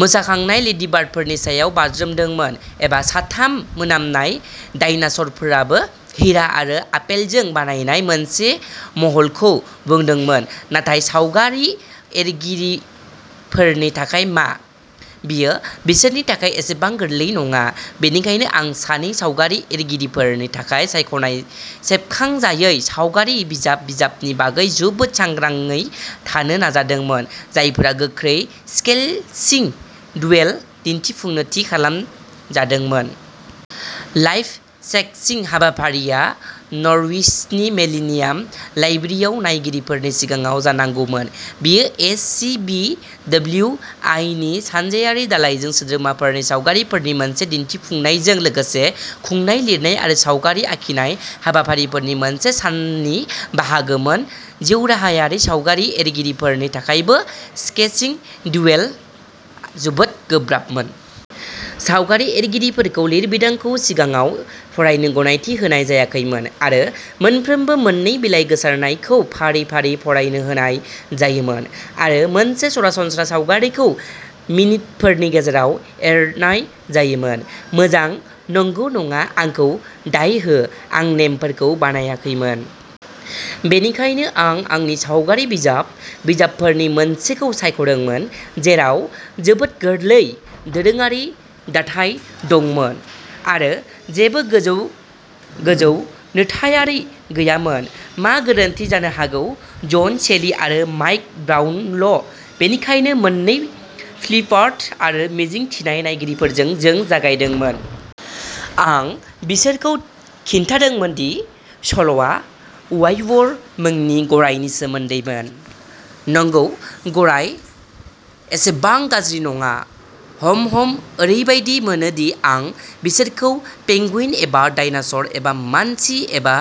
मोसाखांनाय लेडिबार्डफोरनि सायाव बाज्रुमदोंमोन। एबा साथाम मोनामनाय डायनासरफोराबो हिरा आरो आपेलजों बानायनाय मोनसे महलखौ बुंदोंमोन। नाथाय सावगारि एरगिरिफोरनि थाखाय मा? बेयो बिसोरनि थाखाय एसेबां गोरलै नङा! बेनिखायनो आं सानै सावगारि एरगिरिफोरनि थाखाय सायख'नाय सेबखांजायै सावगारि बिजाब बिजाबनि बागै जोबोद सांग्राङै थानो नाजादोंमोन, जायफोरा गोख्रै' स्केलचिं डुएल' दिन्थिफुंनो थि खालामजादोंमोन। लाइभ सेकचिं हाबाफारिया नर्विचनि मिलेनियाम लाइब्रेरियाव नायगिरिफोरनि सिगाङाव जानांगौमोन। बेयो एस. सि. बि. डब्लिउ. आइ. नि सानजायारि दालायजों सोद्रोमाफोरनि सावगारिफोरनि मोनसे दिन्थिफुंनायजों लोगोसे खुंनाय लिरनाय आरो सावगारि आखिनाय हाबाफारिफोरनि मोनसे साननि बाहागोमोन। जिउराहायारि सावगारि एरगिरिफोरनि थाखायबो,'स्केचिं डुएल'आ जोबोद गोब्राबमोन। सावगारि एरगिरिफोरखौ लिरबिदांखौ सिगाङाव फरायनो गनायथि होनाय जायाखैमोन, आरो मोनफ्रोम मोननै बिलाइ गोसारनायखौ फारि फारि फरायनो होनाय जायोमोन, आरो मोनसे सरासनस्रा सावगारिखौ मिनितफोरनि गेजेराव एरनाय जायोमोन। मोजां, नंगौ नङा। आंखौ दाय हो, आं नेमफोरखौ बानायाखैमोन! बेनिखायनो आं आंनि सावगारि बिजाब बिजाबफोरनि मोनसेखौ सायख'दोंमोन जेराव जोबोद गोरलै, दोरोङारि दाथाय दंमोन आरो जेबो गोजौ गोजौ नुथायआरि गैयामोन। मा गोरोन्थि जानो हागौ? जन शेली आरो माइक ब्राउनल'। बेनिखायनो मोननै फ्लिपार्ट आरो मिजिं थिनाय नायगिरिफोरजों, जों जागायदोंमोन। आं बिसोरखौ खिन्थादोंमोन दि सल'आ आइवर मुंनि गरायनि सोमोन्दैमोन। नंगौ, गराय। एसेबां गाज्रि नङा? हम हम, ओरैबायदि मोनो दि आं बिसोरखौ पेंगुइन एबा डायनासर एबा मानसि एबा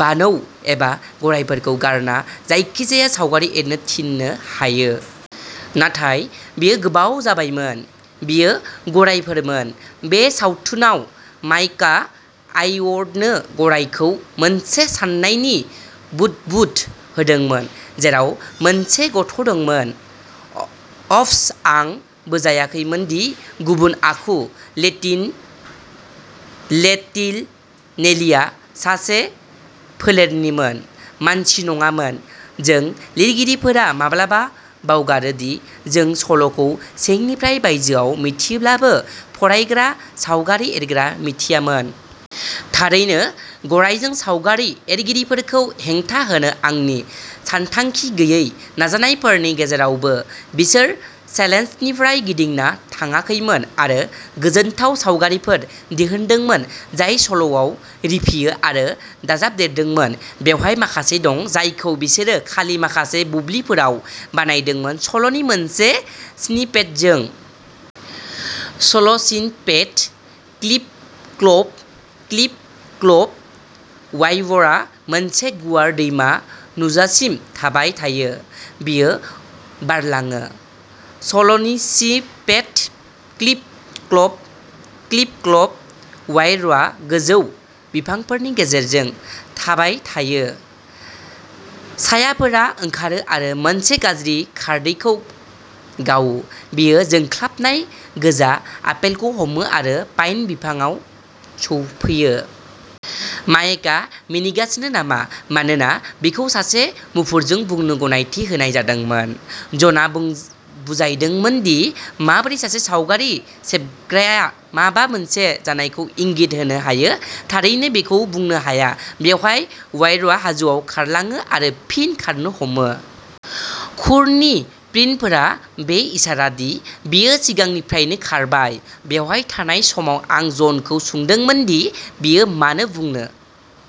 बानौ एबा गरायफोरखौ गारना जायखिजाया सावगारि एरनो थिननो हायो! नाथाय बेयो गोबाव जाबायमोन। बेयो गरायफोरमोन। बे सावथुनाव माइकआ आइवरनो गरायखौ मोनसे साननायनि बुदबुद होदोंमोन जेराव मोनसे गथ' दंमोन। अफ्स, आं बुजायाखैमोन दि गुबुन आखु, लेटिन लिटिल नेलीआ सासे फोलेरनिमोन, मानसि नङामोन। जों लिरगिरिफोरा माब्लाबा बावगारो दि जों सल'खौ सिंनिफ्राय बायजोआव मिथियोब्लाबो, फरायग्रा सावगारि एरग्राया मिथियामोन। थारैनो, गरायजों सावगारि एरगिरिफोरखौ हेंथा होनो आंनि सानथांखि गैयै नाजानायफोरनि गेजेरावबो, बिसोर चेलेन्जनिफ्राय गिदिंना थाङाखैमोन आरो गोजोनथाव सावगारिफोर दिहुनदोंमोन जाय सल'आव रिफियो आरो दाजाबदेरदोंमोन। बेवहाय माखासे दं जायखौ बिसोरो खालि माखासे बुब्लिफोराव बानायदोंमोन, सल'नि मोनसे स्निपेटजों। सल'स्निपेटः क्लिप क्लप, क्लिप क्लप, वाइवरआ मोनसे गुवार दैमा नुजासिम थाबाय थायो। बियो बारलाङो। सल'स्निपेटः क्लिप क्लप, क्लिप क्लप, आइवरआ गोजौ बिफांफोरनि गेजेरजों थाबाय थायो। सायाफोरा ओंखारो आरो मोनसे गाज्रि खारदैखौ गावो। बेयो जोंख्लाबनाय गोजा आपेलखौ हमो आरो पाइन बिफांआव सौफैयो। माइकआ मिनिगासिनो नामा मानोना बिखौ मासे मुफुरखौ बुनो गनायथि होनाय जादोंमोन! जनआ बुजायदोंमोन दि माबोरै सासे सावगारि सेबग्राया माबा मोनसे जानायखौ इंगित होनो हायो, थारैनो बेखौ बुंनो हाया। बेवहाय, आइवरआ हाजोआव खारलाङो, आरो फिन खारनो हमो। खुरनि प्रिन्टफोरा बे इसारा दि बियो सिगांनिफ्रायनो खारबाय। बेवहाय थानाय समाव, आं जनखौ सोंदोंमोन दि बियो मानो बुंनो।